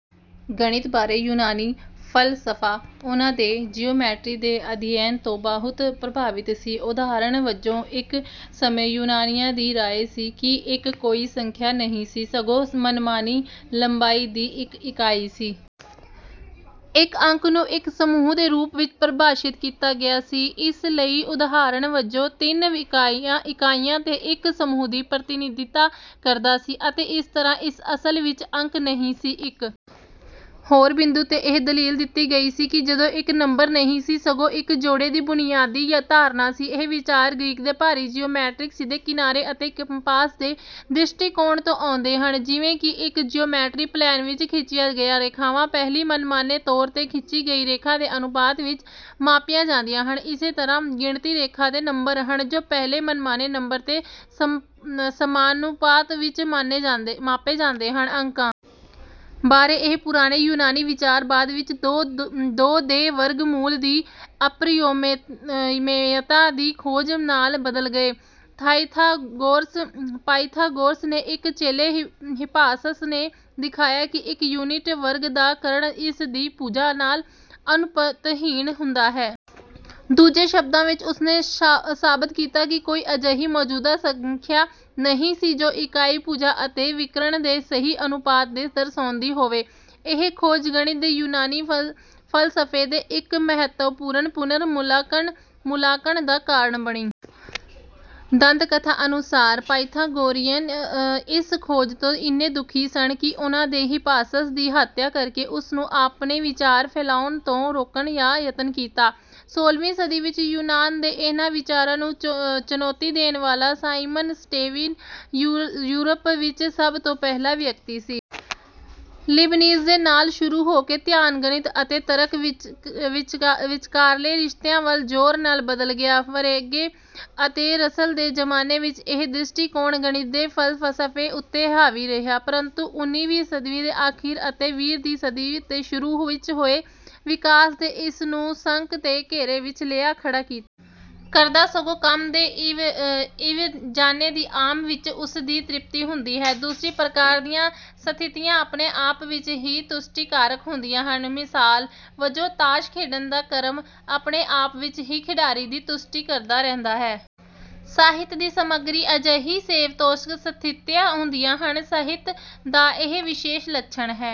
ਗਣਿਤ ਬਾਰੇ ਯੂਨਾਨੀ ਫ਼ਲਸਫ਼ਾ ਉਹਨਾਂ ਦੇ ਜਿਓਮੈਟਰੀ ਦੇ ਅਧਿਐਨ ਤੋਂ ਬਹੁਤ ਪ੍ਰਭਾਵਿਤ ਸੀ। ਉਦਾਹਰਣ ਵਜੋਂ, ਇੱਕ ਸਮੇਂ ਯੂਨਾਨੀਆਂ ਦੀ ਰਾਇ ਸੀ ਕਿ ਇੱਕ ਕੋਈ ਸੰਖਿਆ ਨਹੀਂ ਸੀ, ਸਗੋਂ ਮਨਮਾਨੀ ਲੰਬਾਈ ਦੀ ਇੱਕ ਇਕਾਈ ਸੀ। ਇੱਕ ਅੰਕ ਨੂੰ ਇੱਕ 'ਸਮੂਹ' ਦੇ ਰੂਪ ਵਿੱਚ ਪਰਿਭਾਸ਼ਿਤ ਕੀਤਾ ਗਿਆ ਸੀ। ਇਸ ਲਈ, ਉਦਾਹਰਣ ਵਜੋਂ, ਤਿੰਨ ਇਕਾਈਆਂ ਦੇ ਇੱਕ ਸਮੂਹ ਦੀ ਪ੍ਰਤੀਨਿਧਤਾ ਕਰਦਾ ਸੀ, ਅਤੇ ਇਸ ਤਰ੍ਹਾਂ ਇਹ "ਅਸਲ ਵਿੱਚ" ਅੰਕ ਨਹੀਂ ਸੀ। ਇੱਕ ਹੋਰ ਬਿੰਦੂ 'ਤੇ, ਇਹ ਦਲੀਲ ਦਿੱਤੀ ਗਈ ਸੀ ਕਿ ਦੋ ਇੱਕ ਨੰਬਰ ਨਹੀਂ ਸੀ, ਸਗੋਂ ਇੱਕ 'ਜੋੜੇ' ਦੀ ਬੁਨਿਆਦੀ ਧਾਰਨਾ ਸੀ। ਇਹ ਵਿਚਾਰ ਗ੍ਰੀਕ ਦੇ ਭਾਰੀ ਜਿਓਮੈਟ੍ਰਿਕ ਸਿੱਧੇ-ਕਿਨਾਰੇ-ਅਤੇ-ਕੰਪਾਸ ਦੇ ਦ੍ਰਿਸ਼ਟੀਕੋਣ ਤੋਂ ਆਉਂਦੇ ਹਨ: ਜਿਵੇਂ ਕਿ ਇੱਕ ਜਿਓਮੈਟ੍ਰਿਕ ਪਲੇਨ ਵਿੱਚ ਖਿੱਚੀਆਂ ਗਈਆਂ ਰੇਖਾਵਾਂ ਪਹਿਲੀ ਮਨਮਾਨੇ ਤੌਰ 'ਤੇ ਖਿੱਚੀ ਗਈ ਰੇਖਾ ਦੇ ਅਨੁਪਾਤ ਵਿੱਚ ਮਾਪੀਆਂ ਜਾਂਦੀਆਂ ਹਨ, ਇਸੇ ਤਰ੍ਹਾਂ ਗਿਣਤੀ ਰੇਖਾ 'ਤੇ ਨੰਬਰ ਹਨ ਜੋ ਪਹਿਲੇ ਮਨਮਾਨੇ "ਨੰਬਰ" ਦੇ ਸਮਾਨੁਪਾਤ ਵਿੱਚ ਮਾਪੇ ਜਾਂਦੇ ਹਨ। ਅੰਕਾਂ ਬਾਰੇ ਇਹ ਪੁਰਾਣੇ ਯੂਨਾਨੀ ਵਿਚਾਰ ਬਾਅਦ ਵਿੱਚ ਦੋ ਦੇ ਵਰਗ ਮੂਲ ਦੀ ਅਪਰਿਮੇਯਤਾ ਦੀ ਖੋਜ ਨਾਲ ਬਦਲ ਗਏ। ਪਾਇਥਾਗੋਰਾਸ ਦੇ ਇੱਕ ਚੇਲੇ ਹਿਪਾਸਸ ਨੇ ਦਿਖਾਇਆ ਕਿ ਇੱਕ ਯੂਨਿਟ ਵਰਗ ਦਾ ਕਰਨ ਇਸ ਦੀ ਭੁਜਾ ਨਾਲ ਅਨੁਪਾਤਹੀਣ ਹੁੰਦਾ ਹੈ। ਦੂਜੇ ਸ਼ਬਦਾਂ ਵਿੱਚ, ਉਸ ਨੇ ਸਾਬਤ ਕੀਤਾ ਕਿ ਕੋਈ ਅਜਿਹੀ ਮੌਜੂਦਾ ਸੰਖਿਆ ਨਹੀਂ ਸੀ ਜੋ ਇਕਾਈ ਭੁਜਾ ਅਤੇ ਵਿਕਰਣ ਦੇ ਸਹੀ ਅਨੁਪਾਤ ਨੂੰ ਦਰਸਾਉਂਦੀ ਹੋਵੇ। ਇਹ ਖੋਜ ਗਣਿਤ ਦੇ ਯੂਨਾਨੀ ਫ਼ਲਸਫ਼ੇ ਦੇ ਇੱਕ ਮਹੱਤਵਪੂਰਨ ਪੁਨਰ-ਮੁਲਾਂਕਣ ਦਾ ਕਾਰਨ ਬਣੀ। ਦੰਦ-ਕਥਾ ਅਨੁਸਾਰ, ਪਾਇਥਾਗੋਰੀਅਨ ਇਸ ਖੋਜ ਤੋਂ ਇੰਨੇ ਦੁਖੀ ਸਨ ਕਿ ਉਨ੍ਹਾਂ ਨੇ ਹਿਪਾਸਸ ਦੀ ਹੱਤਿਆ ਕਰਕੇ ਉਸ ਨੂੰ ਆਪਣੇ ਵਿਚਾਰ ਫੈਲਾਉਣ ਤੋਂ ਰੋਕਣ ਦਾ ਯਤਨ ਕੀਤਾ। ਸੋਲ੍ਹਵੀਂ ਸਦੀ ਵਿੱਚ ਯੂਨਾਨ ਦੇ ਇਹਨਾਂ ਵਿਚਾਰਾਂ ਨੂੰ ਚੁਣੌਤੀ ਦੇਣ ਵਾਲਾ ਸਾਈਮਨ ਸਟੇਵਿਨ ਯੂਰਪ ਵਿੱਚ ਸਭ ਤੋਂ ਪਹਿਲਾ ਵਿਅਕਤੀ ਸੀ। ਲੀਬਨਿਜ਼ ਦੇ ਨਾਲ ਸ਼ੁਰੂ ਹੋ ਕੇ, ਧਿਆਨ ਗਣਿਤ ਅਤੇ ਤਰਕ ਵਿਚਕਾਰਲੇ ਰਿਸ਼ਤਿਆਂ ਵੱਲ ਜ਼ੋਰ ਨਾਲ ਬਦਲ ਗਿਆ। ਫਰੇਗੇ ਅਤੇ ਰਸਲ ਦੇ ਜ਼ਮਾਨੇ ਵਿੱਚ ਇਹ ਦ੍ਰਿਸ਼ਟੀਕੋਣ ਗਣਿਤ ਦੇ ਫ਼ਲਸਫ਼ੇ ਉੱਤੇ ਹਾਵੀ ਰਿਹਾ। ਪਰੰਤੂ ਉਨੀਂ ਵੀਂ ਸਦੀ ਦੇ ਅਖੀਰ ਅਤੇ ਵੀਹ ਵੀਂ ਸਦੀ ਦੇ ਸ਼ੁਰੂ ਵਿੱਚ ਹੋਏ ਵਿਕਾਸ ਨੇ ਇਸ ਨੂੰ ਸ਼ੱਕ ਦੇ ਘੇਰੇ ਵਿੱਚ ਲਿਆ ਖੜ੍ਹਾ ਕੀਤਾ। ਕਰਦਾ, ਸਗੋਂ ਕੰਮ ਦੇ ਇਵਜ਼ਾਨੇ ਦੀ ਆਮ ਵਿੱਚ ਉਸ ਦੀ ਤ੍ਰਿਪਤੀ ਹੁੰਦੀ ਹੈ। ਦੂਸਰੀ ਪ੍ਰਕਾਰ ਦੀਆਂ ਸਥਿਤੀਆਂ ਆਪਣੇ ਆਪ ਵਿੱਚ ਹੀ ਤੁਸ਼ਟੀਕਾਰਕ ਹੁੰਦੀਆਂ ਹਨ। ਮਿਸਾਲ ਵਜੋਂ ਤਾਸ਼ ਖੇਡਣ ਦਾ ਕਰਮ ਆਪਣੇ ਆਪ ਵਿੱਚ ਹੀ ਖਿਡਾਰੀ ਦੀ ਤੁਸ਼ਟੀ ਕਰਦਾ ਰਹਿੰਦਾ ਹੈ। ਸਾਹਿਤ ਦੀ ਸਮੱਗਰੀ ਅਜਿਹੀਆਂ ਸਵੈ-ਤੌਸ਼ਕ ਸਥਿਤੀਆਂ ਹੁੰਦੀਆਂ ਹਨ। ਸਾਹਿਤ ਦਾ ਇਹ ਵਿਸ਼ੇਸ਼ ਲੱਛਣ ਹੈ